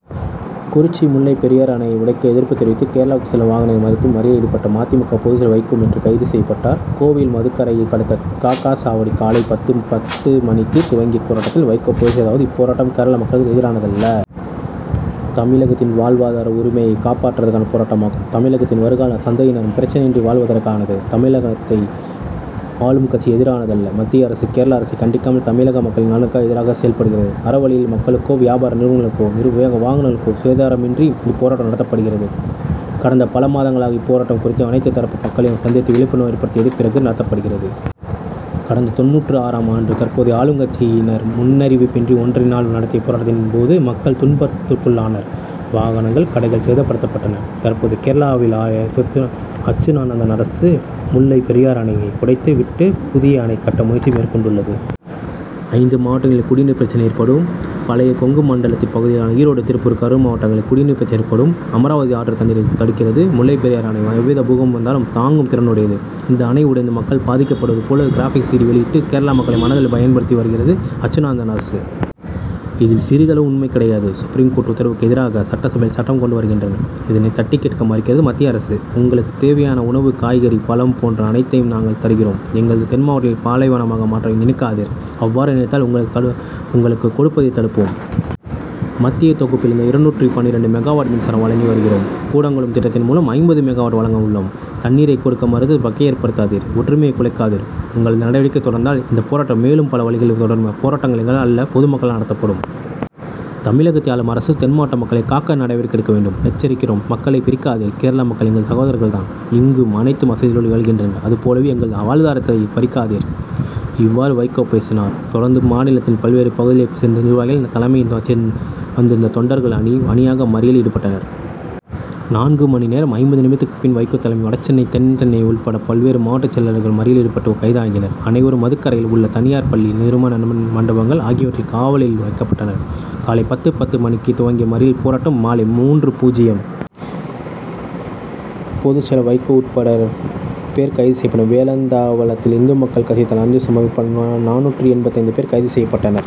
குறிச்சி முல்லைப் பெரியாறு அணையை உடைக்க எதிர்ப்பு தெரிவித்து, கேரளாவுக்கு செல்லும் வாகனங்களை மறித்து மறியலில் ஈடுபட்ட ம. தி. மு. க., பொதுச் செயலாளர் வைகோ நேற்று கைது செய்யப்பட்டார். கோவையில் மதுக்கரையை அடுத்த க. க. சாவடியில் காலை பத்து.பத்து மணிக்கு துவங்கிய போராட்டத்தில் வைகோ பேசியதாவது: இப்போராட்டம் கேரள மக்களுக்கு எதிரானதல்ல. தமிழகத்தின் வாழ்வாதார உரிமையை காப்பதற்கான போராட்டமாகும். தமிழகத்தின் வருங்கால சந்ததியினர் பிரச்னையின்றி வாழ்வதற்கானது. தமிழகத்தை ஆளும் கட்சிக்கு எதிரானதல்ல. மத்திய அரசு, கேரள அரசை கண்டிக்காமல், தமிழக மக்களின் நலனுக்கு எதிராக செயல்படுகிறது. அறவழியில், மக்களுக்கோ, வியாபார நிறுவனங்களுக்கோ, வாகனங்களுக்கோ சேதாரமின்றி இப்போராட்டம் நடத்தப்படுகிறது. கடந்த பல மாதங்களாக இப்போராட்டம் குறித்து, அனைத்து தரப்பு மக்களையும் சந்தித்து விழிப்புணர்வு ஏற்படுத்திய பிறகே நடத்தப்படுகிறது. கடந்த தொண்ணூற்று ஆறாம் ஆண்டு தற்போதைய ஆளும்கட்சியினர், முன்னறிவிப்பின்றி ஒன்றரை நாள் நடத்திய போராட்டத்தின்போது மக்கள் துன்பத்துக்குள்ளாகினர். வாகனங்கள், கடைகள் சேதப்படுத்தப்பட்டன. தற்போது கேரளாவை ஆள அச்சுதானந்தன் அரசு, முல்லை பெரியாறு அணை யை உடைத்து விட்டு, புதிய அணை கட்ட முயற்சி மேற்கொண்டுள்ளது. ஐந்து மாவட்டங்களில் குடிநீர்ப் பிரச்னை ஏற்படும். பழைய கொங்கு மண்டலத்தின் பகுதிகளான ஈரோடு, திருப்பூர், கரூர் மாவட்டங்களில் குடிநீர் பிரச்னை ஏற்படும். அமராவதி ஆற்று தண்ணீரை தடுக்கிறது. முல்லைப் பெரியாறு அணை, எவ்வித பூகம்பம் வந்தாலும் தாங்கும் திறனுடையது. இந்த அணை உடைந்து மக்கள் பாதிக்கப்படுவது போல, கிராபிக்ஸ் 'சிடி' வெளியிட்டு, கேரள மக்களை மனதில் பயப்படுத்தி வருகிறது அச்சுதானந்தன் அரசு. இதில், சிறிதளவும் உண்மை கிடையாது. சுப்ரீம் கோர்ட் உத்தரவுக்கு எதிராக, சட்டசபையில் சட்டம் கொண்டு வருகின்றனர். இதனை தட்டிக் கேட்க மறுக்கிறது மத்திய அரசு. உங்களுக்கு தேவையான உணவு, காய்கறி, பழம் போன்ற அனைத்தையும் நாங்கள் தருகிறோம். எங்களது தென்மாவட்டங்களை பாலைவனமாக மாற்ற நினைக்காதீர். அவ்வாறு நினைத்தால், உங்களுக்கு கொடுப்பதை தடுப்போம். மத்திய தொகுப்பிலிருந்து இருநூற்று பன்னிரண்டு மெகாவாட் மின்சாரம் வழங்கி வருகிறோம். கூடங்குளம் திட்டத்தின் மூலம், ஐம்பது மெகாவாட் வழங்க உள்ளோம். தண்ணீரை கொடுக்க மறுத்து, பகையை ஏற்படுத்தாதீர், ஒற்றுமையை குலைக்காதீர். உங்களது நடவடிக்கை தொடர்ந்தால், இந்தப் போராட்டம் மேலும் பல வழிகளில் தொடரும். அப்போராட்டங்கள் எங்களால் அல்ல; பொதுமக்களால் நடத்தப்படும். தமிழகத்தை ஆளும் அரசு, தென்மாவட்ட மக்களை காக்க நடவடிக்கை எடுக்கவேண்டும். எச்சரிக்கிறோம், மக்களை பிரிக்காதீர். கேரள மக்கள் எங்களது சகோதரர்கள்தான். இங்கும் அனைத்து வசதிகளோடு வாழ்கின்றனர். அதுபோலவே, எங்களது வாழ்வாதாரத்தை பறிக்காதீர். இவ்வாறு, வைகோ பேசினார். தொடர்ந்து, மாநிலத்தின் பல்வேறு பகுதிகளைச் சேர்ந்த நிர்வாகிகள் தலைமையில் வந்திருந்த தொண்டர்கள் அணி, அணியாக மறியலில் ஈடுபட்டனர். நான்கு மணி நேரம் ஐம்பது நிமிடத்துக்கு பின் வைகோ தலைமையில் வடசென்னை, தென்சென்னை உள்பட பல்வேறு மாவட்ட செயலாளர்கள் மறியலில் ஈடுபட்டு கைதாகினர். அனைவரும், மதுக்கரையில் உள்ள தனியார் பள்ளி, திருமண மண்டபங்கள் ஆகியவற்றில் காவலில் வைக்கப்பட்டனர். காலை பத்து.பத்து மணிக்கு துவங்கிய மறியல் போராட்டம் மாலை மூன்று.பூஜ்ஜியம் க., பொதுச் செயலாளர் வைகோ உள்பட பேர் கைது செய்யப்பட்டனர். வேலந்தாவளத்தில் இந்து மக்கள் கட்சி தலைவர் அர்ஜூன்சம்பத் உள்பட நானூற்று எண்பத்தைந்து பேர் கைது செய்ய பட்டனர்.